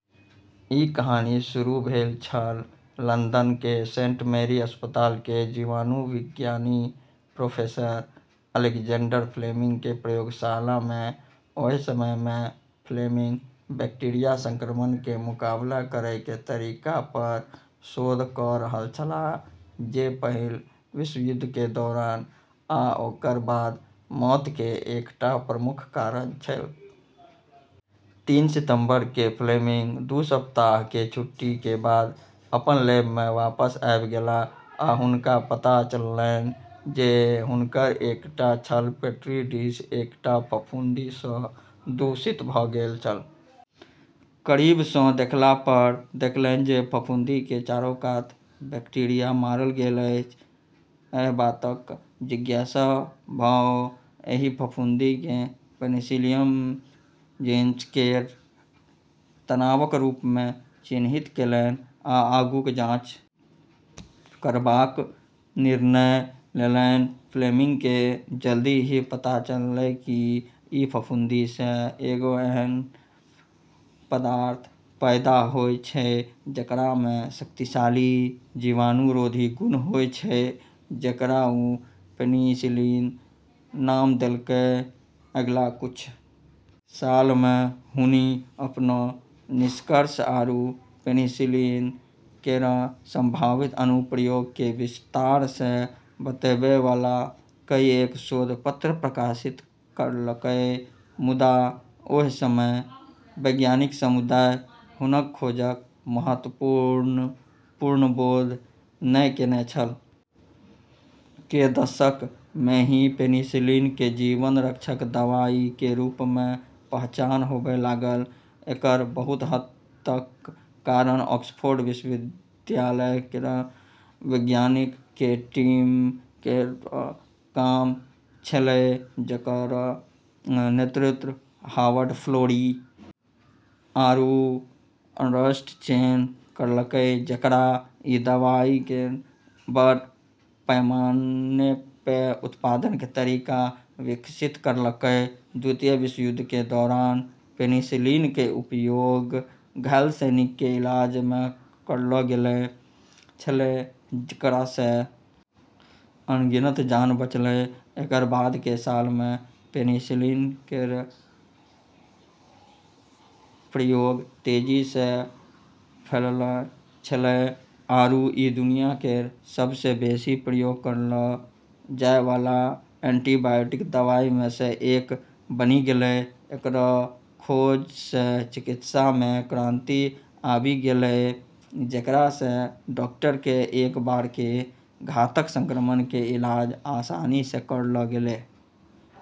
ई कहानी शुरू भेल छल लंदन के सेंट मैरी अस्पताल के जीवाणुविज्ञानी प्रोफेसर अलेक्जेंडर फ्लेमिंग के प्रयोगशाला में, ओहि समय फ्लेमिंग बैक्टीरिया संक्रमण के मुकाबला करय के तरीका पर शोध क रहल छलाह जे पहिल विश्वयुद्ध के दौरान आ ओकर बाद मौत के एकटा प्रमुख कारण छल। तीन सितंबर के फ्लेमिंग दू सप्ताह के छुट्टी के बाद अपन लैब में वापस आबि गेलाह आ हुनका पता चललनि जे हुनकर एकटा छल पेट्री डिश एकटा फफूंदी स दूषित भ गेल छल, करीब स देखला पर देखलनि जे फफूंदी के चारू कात बैक्टीरिया मारल गेल अछि, एहि बातक जिज्ञासा भ ओ एहि फफूंदी केँ पेनिसिलियम जीनस केर तनावक रूप मे चिन्हित केलनि आ आगूक जांच करबाक निर्णय लेलनि, फ्लेमिंग के जल्दी ही पता चललै कि ई फफूंदी से एगो ऐन्हऽ पदार्थ पैदा होय छै जेकरा मे शक्तिशाली जीवाणुरोधी गुण होय छै जेकरा वू पेनिसिलिन नाम देलकै, अगिला कुछ सालऽ मे हुनी अपनऽ निष्कर्ष आरू पेनिसिलिन केरऽ संभावित अनुप्रयोग के विस्तार से बतैबै वाला कईएक शोध पत्र प्रकाशित करलकै मुदा ओहि समय वैज्ञानिक समुदाय हुनक खोजक महत्वक पूर्ण बोध नहि केने छल, के दशक में ही पेनिसिलिन के जीवन रक्षक दवाई के रूप में पहचान होबय लागल, एकरऽ बहुत हद तक कारण ऑक्सफोर्ड विश्वविद्यालय केरऽ वैज्ञानिकऽ के टीम केरऽ काम छेलै जेकरऽ नेतृत्व हावर्ड फ्लोरी आरू अर्नस्ट चेन करलकै जेकरा ई दवाई केरऽ बड़ पैमाने पे उत्पादन के तरीका विकसित करलकै, द्वितीय विश्वयुद्ध के दौरान पेनिसिलिन के उपयोग घायल सैनिक के इलाज में करलौ गेलौ छेलै जेकरा से अनगिनत जान बचलै, एकरऽ बाद के सालऽ मे पेनिसिलिन केरऽ प्रयोग तेजी से फैललऽ छेलै आरू ई दुनिया केरऽ सबसे बेसी प्रयोग करलऽ जाय वाला एंटीबायोटिक दवाई मे से एक बनी गेलै, एकरऽ खोज से चिकित्सा मे क्रांति आबी गेलै जेकरा से डॉक्टर के एक बार के घातक संक्रमण के इलाज आसानी से करलऽ गेलै।